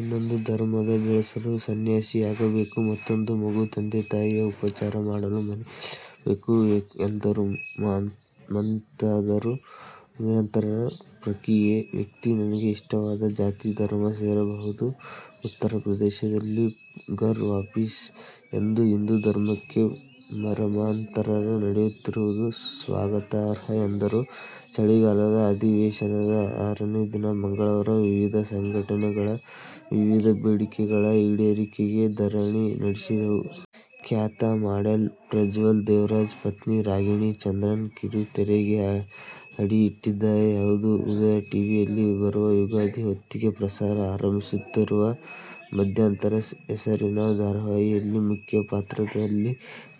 ಇನ್ನೊಂದು ಧರ್ಮ ಬೆಳೆಸಲು ಸನ್ಯಾಸಿಯಾಗಬೇಕು. ಮತ್ತೂಂದು ಮಗು ತಂದೆ-ತಾಯಿಯ ಉಪಚಾರ ಮಾಡಲು ಮನೆಯಲ್ಲಿರಬೇಕು ಎಂದರು. ಮತಾಂತರ ನಿರಂತರ ಪ್ರಕ್ರಿಯೆ. ವ್ಯಕ್ತಿ ತನಗೆ ಇಷ್ಟವಾದ, ಜಾತಿ- ಧರ್ಮ ಸೇರಬಹುದು. ಉತ್ತರಪ್ರದೇಶದಲ್ಲಿ ಘರ್ ವಾಪಸಿ ಎಂದು ಹಿಂದೂ ಧರ್ಮಕ್ಕೆ ಮರುಮತಾಂತರ ನಡೆಯುತ್ತಿರುವುದು ಸ್ವಾಗತಾರ್ಹ ಎಂದರು. ಚಳಿಗಾಲದ ಅಧಿವೇಶನದ ಆರನೇ ದಿನ ಮಂಗಳವಾರ ವಿವಿಧ ಸಂಘಟನೆಗಳು ವಿವಿಧ ಬೇಡಿಕೆಗಳ ಈಡೇರಿಕೆಗೆ ಧರಣಿ ನಡೆಸಿದವು. ಖ್ಯಾತ ಮಾಡೆಲ್, ಪ್ರಜ್ವಲ್ ದೇವರಾಜ್ ಪತ್ನಿ ರಾಗಿಣಿ ಚಂದ್ರನ್ ಕಿರುತೆರೆಗೆ ಅಡಿ ಇಟ್ಟಿದ್ದಾರೆ. ಹೌದು, ಉದಯ ಟಿವಿಯಲ್ಲಿ ಬರುವ ಯುಗಾದಿ ಹೊತ್ತಿಗೆ ಪ್ರಸಾರ ಆರಂಭಿಸುತ್ತಿರುವ "ಮಧ್ಯಂತರ' ಹೆಸರಿನ ಧಾರಾವಾಹಿಯಲ್ಲಿ ಮುಖ್ಯ ಪಾತ್ರದಲ್ಲಿ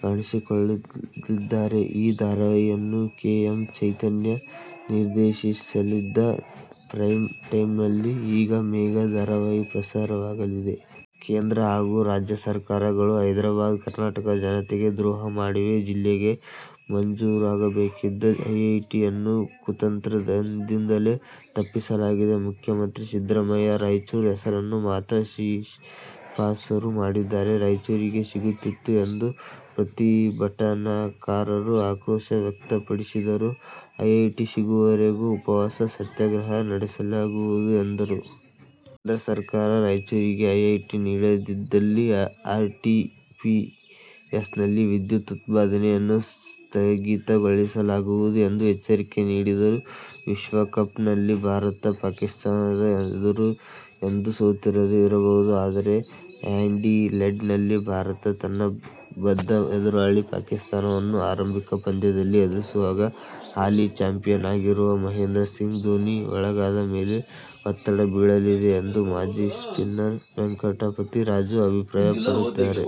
ಕಾಣಿಸಿಕೊಳ್ಳಲಿದ್ದಾರೆ. ಈ ಧಾರಾವಾಹಿಯನ್ನು ಕೆ. ಎಂ. ಚೈತನ್ಯ ನಿರ್ದೇಶಿಸಲಿದ್ದು ಪ್ರೈಮ್ ಟೈಮ್ನಲ್ಲಿ ಈ ಮೆಗಾ ಧಾರಾವಾಹಿ ಪ್ರಸಾರವಾಗಲಿದೆ. ಕೇಂದ್ರ ಹಾಗೂ ರಾಜ್ಯ ಸರ್ಕಾರಗಳು ಹೈದ್ರಾಬಾದ್ ಕರ್ನಾಟಕದ ಜನತೆಗೆ ದ್ರೋಹ ಮಾಡಿವೆ. ಜಿಲ್ಲೆಗೆ ಮಂಜೂರಾಗಬೇಕಿದ್ದ ಐಐಟಿಯನ್ನು ಕುತಂತ್ರದಿಂದಲೇ ತಪ್ಪಿಸಲಾಗಿದೆ. ಮುಖ್ಯಮಂತ್ರಿ ಸಿದ್ದರಾಮಯ್ಯ ರಾಯಚೂರು ಹೆಸರನ್ನು ಮಾತ್ರ ಶಿಫಾರಸು ಮಾಡಿದ್ದರೆ ರಾಯಚೂರಿಗೆ ಸಿಗುತ್ತಿತ್ತು ಎಂದು ಪ್ರತಿಭಟನಾಕಾರರು ಆಕ್ರೋಶ ವ್ಯಕ್ತಪಡಿಸಿದರು. ಐಐಟಿ ಸಿಗುವವರೆಗೂ ಉಪವಾಸ ಸತ್ಯಾಗ್ರಹ ನಡೆಸಲಾಗುವುದು ಎಂದರು. ಕೇಂದ್ರ ಸರ್ಕಾರ ರಾಯಚೂರಿಗೆ ಐಐಟಿ ನೀಡದಿದ್ದಲ್ಲಿ ಆರ್ಟಿಪಿಎಸ್ನಲ್ಲಿ ವಿದ್ಯುತ್ ಉತ್ಪಾದನೆಯನ್ನು ಸ್ಥಗಿತಗೊಳಿಸಲಾಗುವುದು ಎಂದು ಎಚ್ಚರಿಕೆ ನೀಡಿದರು. ವಿಶ್ವಕಪ್ನಲ್ಲಿ ಭಾರತ ಪಾಕಿಸ್ಥಾನದ ಎದುರು ಎಂದೂ ಸೋತಿರದೆ ಇರಬಹುದು. ಆದರೆ ಆ್ಯಡಿಲೇಡ್ನಲ್ಲಿ ಭಾರತ ತನ್ನ ಬದ್ಧ ಎದುರಾಳಿ ಪಾಕಿಸ್ಥಾನವನ್ನು ಆರಂಭಿಕ ಪಂದ್ಯದಲ್ಲಿ ಎದುರಿಸುವಾಗ ಹಾಲಿ ಚಾಂಪಿಯನ್ ಆಗಿರುವ ಮಹೇಂದ್ರ ಸಿಂಗ್ ಧೋನಿ ಬಳಗದ ಮೇಲೆ ಒತ್ತಡ ಬೀಳಲಿದೆ ಎಂದು ಮಾಜಿ ಸ್ಪಿನ್ನರ್ ವೆಂಕಟಪತಿ ರಾಜು ಅಭಿಪ್ರಾಯಪಡುತ್ತಾರೆ.